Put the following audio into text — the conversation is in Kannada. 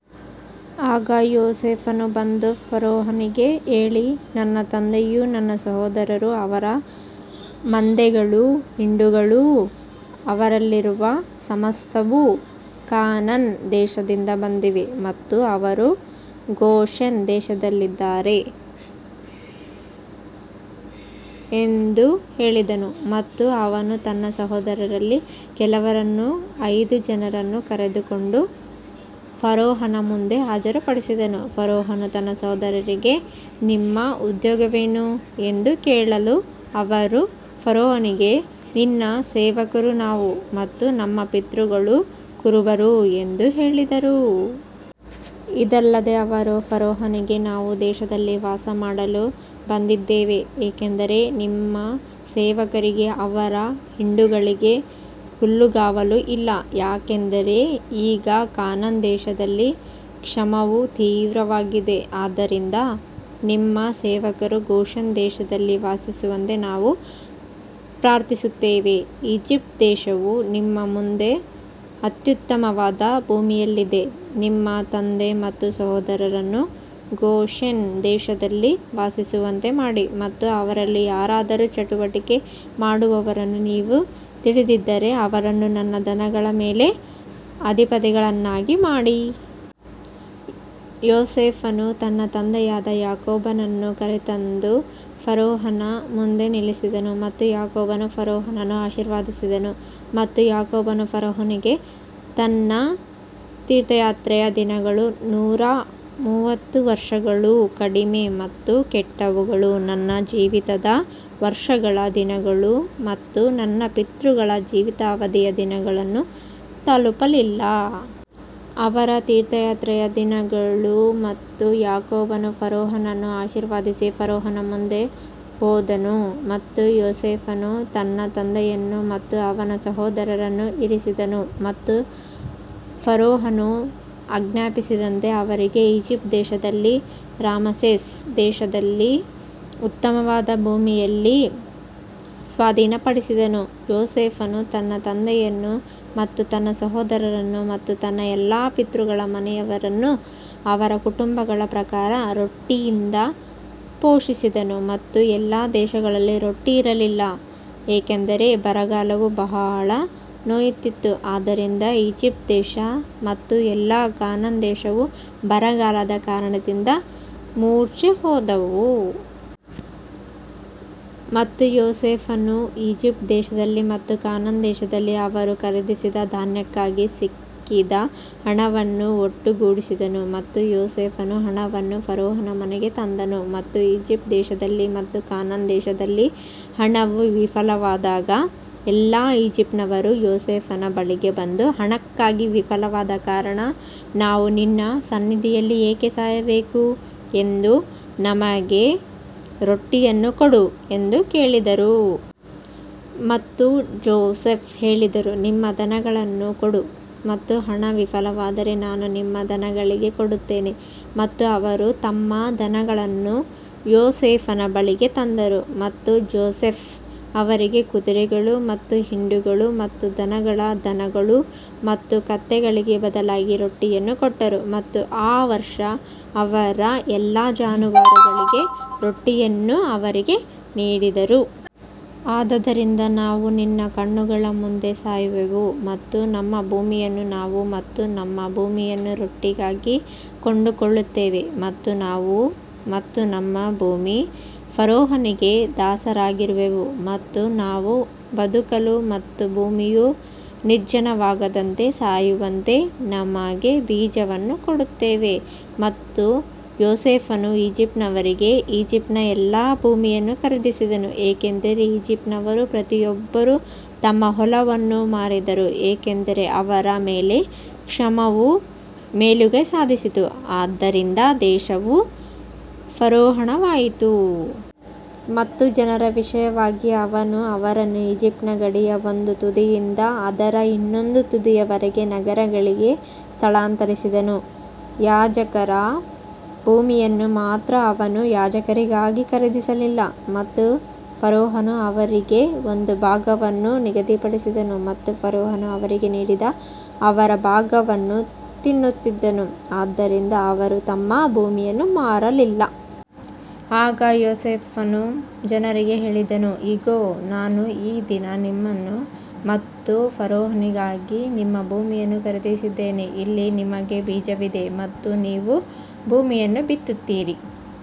ಆಗ ಯೋಸೇಫನು ಬಂದು ಫರೋಹನಿಗೆ ಹೇಳಿ ನನ್ನ ತಂದೆಯೂ ನನ್ನ ಸಹೋದರರೂ ಅವರ ಮಂದೆಗಳೂ ಹಿಂಡುಗಳೂ ಅವರಲ್ಲಿರುವ ಸಮಸ್ತವೂ ಕಾನಾನ್ ದೇಶದಿಂದ ಬಂದಿವೆ ಮತ್ತು ಅವರು ಗೋಷೆನ್ ದೇಶದಲ್ಲಿದ್ದಾರೆ ಎಂದು ಹೇಳಿದನು. ಮತ್ತು ಅವನು ತನ್ನ ಸಹೋದರರಲ್ಲಿ ಕೆಲವರನ್ನು ಐದು ಜನರನ್ನು ಕರೆದುಕೊಂಡು ಫರೋಹನ ಮುಂದೆ ಹಾಜರುಪಡಿಸಿದನು ಫರೋಹನು ತನ್ನ ಸಹೋದರರಿಗೆ ನಿಮ್ಮ ಉದ್ಯೋಗವೇನು ಎಂದು ಕೇಳಲು ಅವರು ಫರೋಹನಿಗೆ ನಿನ್ನ ಸೇವಕರು ನಾವು ಮತ್ತು ನಮ್ಮ ಪಿತೃಗಳು ಕುರುಬರು ಎಂದು ಹೇಳಿದರು. ಇದಲ್ಲದೆ ಅವರು ಫರೋಹನಿಗೆ ನಾವು ದೇಶದಲ್ಲಿ ವಾಸಮಾಡಲು ಬಂದಿದ್ದೇವೆ ಏಕೆಂದರೆ ನಿಮ್ಮ ಸೇವಕರಿಗೆ ಅವರ ಹಿಂಡುಗಳಿಗೆ ಹುಲ್ಲುಗಾವಲು ಇಲ್ಲ ಯಾಕಂದರೆ ಈಗ ಕಾನಾನ್ ದೇಶದಲ್ಲಿ ಕ್ಷಾಮವು ತೀವ್ರವಾಗಿದೆ ಆದ್ದರಿಂದ ನಿಮ್ಮ ಸೇವಕರು ಗೋಷೆನ್ ದೇಶದಲ್ಲಿ ವಾಸಿಸುವಂತೆ ನಾವು ಪ್ರಾರ್ಥಿಸುತ್ತೇವೆ. ಈಜಿಪ್ಟ್ ದೇಶವು ನಿಮ್ಮ ಮುಂದೆ ಅತ್ಯುತ್ತಮವಾದ ಭೂಮಿಯಲ್ಲಿದೆ ನಿಮ್ಮ ತಂದೆ ಮತ್ತು ಸಹೋದರರನ್ನು ಗೋಶೆನ್ ದೇಶದಲ್ಲಿ ವಾಸಿಸುವಂತೆ ಮಾಡಿ ಮತ್ತು ಅವರಲ್ಲಿ ಯಾರಾದರೂ ಚಟುವಟಿಕೆ ಮಾಡುವವರನ್ನು ನೀವು ತಿಳಿದಿದ್ದರೆ ಅವರನ್ನು ನನ್ನ ದನಗಳ ಮೇಲೆ ಅಧಿಪತಿಗಳನ್ನಾಗಿ ಮಾಡಿ. ಯೋಸೇಫನು ತನ್ನ ತಂದೆಯಾದ ಯಾಕೋಬನನ್ನು ಕರೆತಂದು ಫರೋಹನ ಮುಂದೆ ನಿಲ್ಲಿಸಿದನು ಮತ್ತು ಯಾಕೋಬನು ಫರೋಹನನ್ನು ಆಶೀರ್ವದಿಸಿದನು ಮತ್ತು ಯಾಕೋಬನು ಫರೋಹನಿಗೆ ನನ್ನ ತೀರ್ಥಯಾತ್ರೆಯ ದಿನಗಳು ನೂರ ಮೂವತ್ತು ವರ್ಷಗಳು ಕಡಿಮೆ ಮತ್ತು ಕೆಟ್ಟವುಗಳು ನನ್ನ ಜೀವಿತದ ವರ್ಷಗಳ ದಿನಗಳು ಮತ್ತು ನನ್ನ ಪಿತೃಗಳ ಜೀವಿತಾವಧಿಯ ದಿನಗಳನ್ನು ತಲುಪಲಿಲ್ಲ. ಅವರ ತೀರ್ಥಯಾತ್ರೆಯ ದಿನಗಳು ಮತ್ತು ಯಾಕೋಬನು ಫರೋಹನನ್ನು ಆಶೀರ್ವದಿಸಿ ಫರೋಹನ ಮುಂದೆ ಹೋದನು ಮತ್ತು ಯೋಸೇಫನು ತನ್ನ ತಂದೆಯನ್ನು ಮತ್ತು ಅವನ ಸಹೋದರರನ್ನು ಇರಿಸಿದನು ಮತ್ತು ಫರೋಹನು ಆಜ್ಞಾಪಿಸಿದಂತೆ ಅವರಿಗೆ ಈಜಿಪ್ಟ್ ದೇಶದಲ್ಲಿ ರಾಮಸೇಸ್ ದೇಶದಲ್ಲಿ ಉತ್ತಮವಾದ ಭೂಮಿಯಲ್ಲಿ ಸ್ವಾಧೀನಪಡಿಸಿದನು. ಯೋಸೇಫನು ತನ್ನ ತಂದೆಯನ್ನು ಮತ್ತು ತನ್ನ ಸಹೋದರರನ್ನು ಮತ್ತು ತನ್ನ ಎಲ್ಲಾ ಪಿತೃಗಳ ಮನೆಯವರನ್ನು ಅವರ ಕುಟುಂಬಗಳ ಪ್ರಕಾರ ರೊಟ್ಟಿಯಿಂದ ಪೋಷಿಸಿದನು ಮತ್ತು ಎಲ್ಲಾ ದೇಶಗಳಲ್ಲಿ ರೊಟ್ಟಿ ಇರಲಿಲ್ಲ ಏಕೆಂದರೆ ಬರಗಾಲವು ಬಹಳ ನೋಯುತ್ತಿತ್ತು, ಆದ್ದರಿಂದ ಈಜಿಪ್ಟ್ ದೇಶ ಮತ್ತು ಎಲ್ಲಾ ಕಾನಾನ್ ದೇಶವು ಬರಗಾಲದ ಕಾರಣದಿಂದ ಮೂರ್ಛೆ ಹೋದವು. ಮತ್ತು ಯೋಸೇಫನು ಈಜಿಪ್ಟ್ ದೇಶದಲ್ಲಿ ಮತ್ತು ಕಾನಾನ್ ದೇಶದಲ್ಲಿ ಅವರು ಖರೀದಿಸಿದ ಧಾನ್ಯಕ್ಕಾಗಿ ಸಿಕ್ಕಿದ ಹಣವನ್ನು ಒಟ್ಟುಗೂಡಿಸಿದನು ಮತ್ತು ಯೋಸೇಫನು ಹಣವನ್ನು ಫರೋಹನ ಮನೆಗೆ ತಂದನು. ಮತ್ತು ಈಜಿಪ್ಟ್ ದೇಶದಲ್ಲಿ ಮತ್ತು ಕಾನಾನ್ ದೇಶದಲ್ಲಿ ಹಣವು ವಿಫಲವಾದಾಗ ಎಲ್ಲಾ ಈಜಿಪ್ಟಿನವರು ಯೋಸೇಫನ ಬಳಿಗೆ ಬಂದು ಹಣಕ್ಕಾಗಿ ವಿಫಲವಾದ ಕಾರಣ ನಾವು ನಿನ್ನ ಸನ್ನಿಧಿಯಲ್ಲಿ ಏಕೆ ಸಾಯಬೇಕು ಎಂದು ನಮಗೆ ರೊಟ್ಟಿಯನ್ನು ಕೊಡು ಎಂದು ಹೇಳಿದರು. ಮತ್ತು ಜೋಸೆಫ್ ಹೇಳಿದರು ನಿಮ್ಮ ದನಗಳನ್ನು ಕೊಡು ಮತ್ತು ಹಣ ವಿಫಲವಾದರೆ ನಾನು ನಿಮ್ಮ ದನಗಳಿಗೆ ಕೊಡುತ್ತೇನೆ ಮತ್ತು ಅವರು ತಮ್ಮ ದನಗಳನ್ನು ಯೋಸೇಫನ ಬಳಿಗೆ ತಂದರು ಮತ್ತು ಜೋಸೆಫ್ ಅವರಿಗೆ ಕುದುರೆಗಳು ಮತ್ತು ಹಿಂಡುಗಳು ಮತ್ತು ದನಗಳ ದನಗಳು ಮತ್ತು ಕತ್ತೆಗಳಿಗೆ ಬದಲಾಗಿ ರೊಟ್ಟಿಯನ್ನು ಕೊಟ್ಟರು ಮತ್ತು ಆ ವರ್ಷ ಅವರ ಎಲ್ಲಾ ಜಾನುವಾರುಗಳಿಗೆ ರೊಟ್ಟಿಯನ್ನು ಅವರಿಗೆ ನೀಡಿದರು. ಆದದರಿಂದ ನಾವು ನಿನ್ನ ಕಣ್ಣುಗಳ ಮುಂದೆ ಸಾಯುವೆವು ಮತ್ತು ನಮ್ಮ ಭೂಮಿಯನ್ನು ನಾವು ಮತ್ತು ನಮ್ಮ ಭೂಮಿಯನ್ನು ರೊಟ್ಟಿಗಾಗಿ ಕೊಂಡುಕೊಳ್ಳುತ್ತೇವೆ ಮತ್ತು ನಾವು ಮತ್ತು ನಮ್ಮ ಭೂಮಿ ಫರೋಹನಿಗೆ ದಾಸರಾಗಿರುವೆವು ಮತ್ತು ನಾವು ಬದುಕಲು ಮತ್ತು ಭೂಮಿಯು ನಿರ್ಜನವಾಗದಂತೆ ಸಾಯುವಂತೆ ನಮಗೆ ಬೀಜವನ್ನು ಕೊಡುತ್ತೇವೆ. ಮತ್ತು ಯೋಸೇಫನು ಈಜಿಪ್ಟಿನವರಿಗೆ ಈಜಿಪ್ಟಿನ ಎಲ್ಲಾ ಭೂಮಿಯನ್ನು ಖರೀದಿಸಿದನು, ಏಕೆಂದರೆ ಈಜಿಪ್ಟಿನವರು ಪ್ರತಿಯೊಬ್ಬರೂ ತಮ್ಮ ಹೊಲವನ್ನು ಮಾರಿದರು, ಏಕೆಂದರೆ ಅವರ ಮೇಲೆ ಕ್ಷಾಮವು ಮೇಲುಗೈ ಸಾಧಿಸಿತು, ಆದ್ದರಿಂದ ದೇಶವು ಫರೋಹಣವಾಯಿತು. ಮತ್ತು ಜನರ ವಿಷಯವಾಗಿ ಅವನು ಅವರನ್ನು ಈಜಿಪ್ಟಿನ ಗಡಿಯ ಒಂದು ತುದಿಯಿಂದ ಅದರ ಇನ್ನೊಂದು ತುದಿಯವರೆಗೆ ನಗರಗಳಿಗೆ ಸ್ಥಳಾಂತರಿಸಿದನು ಯಾಜಕರ ಭೂಮಿಯನ್ನು ಮಾತ್ರ ಅವನು ಯಾಜಕರಿಗಾಗಿ ಖರೀದಿಸಲಿಲ್ಲ ಮತ್ತು ಫರೋಹನು ಅವರಿಗೆ ಒಂದು ಭಾಗವನ್ನು ನಿಗದಿಪಡಿಸಿದನು ಮತ್ತು ಫರೋಹನು ಅವರಿಗೆ ನೀಡಿದ ಅವರ ಭಾಗವನ್ನು ತಿನ್ನುತ್ತಿದ್ದನು ಆದ್ದರಿಂದ ಅವರು ತಮ್ಮ ಭೂಮಿಯನ್ನು ಮಾರಲಿಲ್ಲ. ಆಗ ಯೋಸೇಫನು ಜನರಿಗೆ ಹೇಳಿದನು, ಇಗೋ, ನಾನು ಈ ದಿನ ನಿಮ್ಮನ್ನು ಮತ್ತು ಫರೋಹನಿಗಾಗಿ ನಿಮ್ಮ ಭೂಮಿಯನ್ನು ಖರೀದಿಸಿದ್ದೇನೆ, ಇಲ್ಲಿ ನಿಮಗೆ ಬೀಜವಿದೆ ಮತ್ತು ನೀವು ಭೂಮಿಯನ್ನು ಬಿತ್ತುತ್ತೀರಿ.